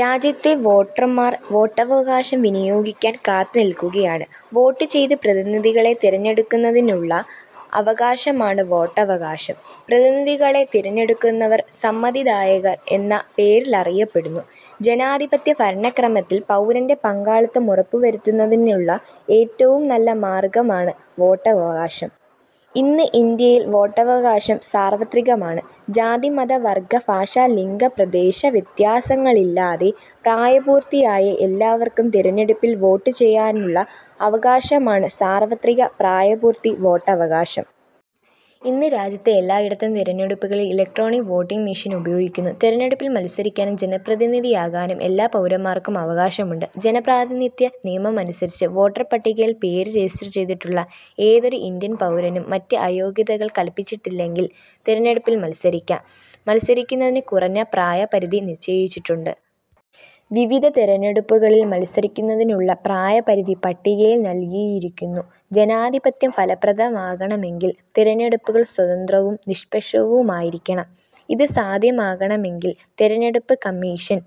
രാജ്യത്തെ വോട്ടർമാർ വോട്ടവകാശം വിനിയോഗിക്കാൻ കാത്തുനിൽക്കുകയാണ്. വോട്ട് ചെയ്ത് പ്രതിനിധികളെ തിരഞ്ഞെടുക്കുന്നതിനുള്ള അവകാശമാണ് വോട്ടവകാശം. പ്രതിനിധികളെ തിരഞ്ഞെടുക്കുന്നവർ സമ്മതിദായകർ എന്ന പേരിലറിയപ്പെടുന്നു. ജനാധിപത്യ ഭരണക്രമത്തിൽ പൗരന്റെ പങ്കാളിത്തം ഉറപ്പുവരുത്തുന്നതിനുള്ള ഏറ്റവും നല്ല മാർഗമാണ് വോട്ടവകാശം. ഇന്ന് ഇന്ത്യയിൽ വോട്ടവകാശം സാർവത്രികമാണ്. ജാതി-മത-വർഗ-ഭാഷ-ലിംഗ-പ്രദേശ വ്യത്യാസങ്ങളില്ലാതെ പ്രായപൂർത്തിയായ എല്ലാവർക്കും തിരഞ്ഞെടുപ്പിൽ വോട്ട് ചെയ്യാനുള്ള അവകാശമാണ് സാർവത്രിക പ്രായപൂർത്തി വോട്ടവകാശം. ഇന്ന് രാജ്യത്ത് എല്ലായിടത്തും തിരഞ്ഞെടുപ്പുകളിൽ ഇലക്ട്രോണിക് വോട്ടിങ് മെഷീൻ ഉപയോഗിക്കുന്നു. തിരഞ്ഞെടുപ്പിൽ മത്സരിക്കാനും ജനപ്രതിനിധിയാകാനും എല്ലാ പൗരന്മാർക്കും അവകാശമുണ്ട്. ജനപ്രാതിനിധ്യ നിയമമനുസരിച്ച് വോട്ടർ പട്ടികയിൽ പേര് രജിസ്റ്റർ ചെയ്തിട്ടുള്ള ഏതൊരു ഇന്ത്യൻ പൗരനും മറ്റ് അയോഗ്യതകൾ കൽപ്പിച്ചിട്ടില്ലെങ്കിൽ തിരഞ്ഞെടുപ്പിൽ മത്സരിക്കാം. മത്സരിക്കുന്നതിന് കുറഞ്ഞ പ്രായ പരിധി നിശ്ചയിച്ചിട്ടുണ്ട്. വിവിധ തിരഞ്ഞെടുപ്പുകളിൽ മത്സരിക്കുന്നതിനുള്ള പ്രായപരിധി പട്ടികയിൽ നൽകിയിരിക്കുന്നു. ജനാധിപത്യം ഫലപ്രദമാകണമെങ്കിൽ തിരഞ്ഞെടുപ്പുകൾ സ്വതന്ത്രവും നിഷ്പക്ഷവുമായിരിക്കണം. ഇത് സാധ്യമാകണമെങ്കിൽ തിരഞ്ഞെടുപ്പ് കമ്മീഷൻ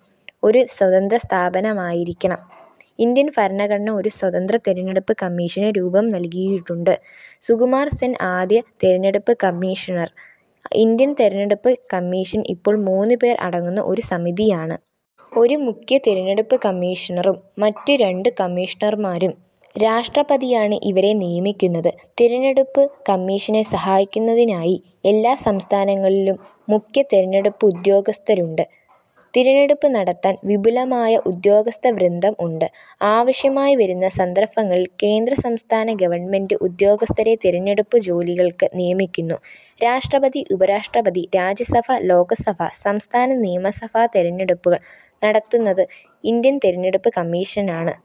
ഒരു സ്വതന്ത്ര സ്ഥാപനമായിരിക്കണം. ഇന്ത്യൻ ഭരണഘടന ഒരു സ്വതന്ത്ര തിരഞ്ഞെടുപ്പ് കമ്മീഷന് രൂപം നൽകിയിട്ടുണ്ട്. സുകുമാർ സെൻ ആദ്യ തിരഞ്ഞെടുപ്പ് കമ്മീഷണർ ഇന്ത്യൻ തിരഞ്ഞെടുപ്പ് കമ്മീഷൻ ഇപ്പോൾ മൂന്നു പേർ അടങ്ങുന്ന ഒരു സമിതിയാണ്. ഒരു മുഖ്യ തിരഞ്ഞെടുപ്പ് കമ്മീഷണറും മറ്റു രണ്ടു കമ്മീഷണർമാരും. രാഷ്ട്രപതിയാണ് ഇവരെ നിയമിക്കുന്നത്. തിരഞ്ഞെടുപ്പു കമ്മീഷനെ സഹായിക്കുന്നതിനായി എല്ലാ സംസ്ഥാനങ്ങളിലും മുഖ്യ തിരഞ്ഞെടുപ്പുദ്യോഗസ്ഥരുണ്ട്. തിരഞ്ഞെടുപ്പ് നടത്താൻ വിപുലമായ ഉദ്യോഗസ്ഥവൃന്ദം ഉണ്ട്. ആവശ്യമായി വരുന്ന സന്ദർഭങ്ങളിൽ കേന്ദ്ര-സംസ്ഥാന ഗവൺമെന്റ് ഉദ്യോഗസ്ഥരെ തിരഞ്ഞെടുപ്പു ജോലികൾക്ക് നിയമിക്കുന്നു. രാഷ്ട്രപതി, ഉപരാഷ്ട്രപതി, രാജ്യസഭ, ലോകസഭ, സംസ്ഥാന നിയമസഭാ തിരഞ്ഞെടുപ്പുകൾ നടത്തുന്നത് ഇന്ത്യൻ തിരഞ്ഞെടുപ്പ് കമ്മീഷനാണ്.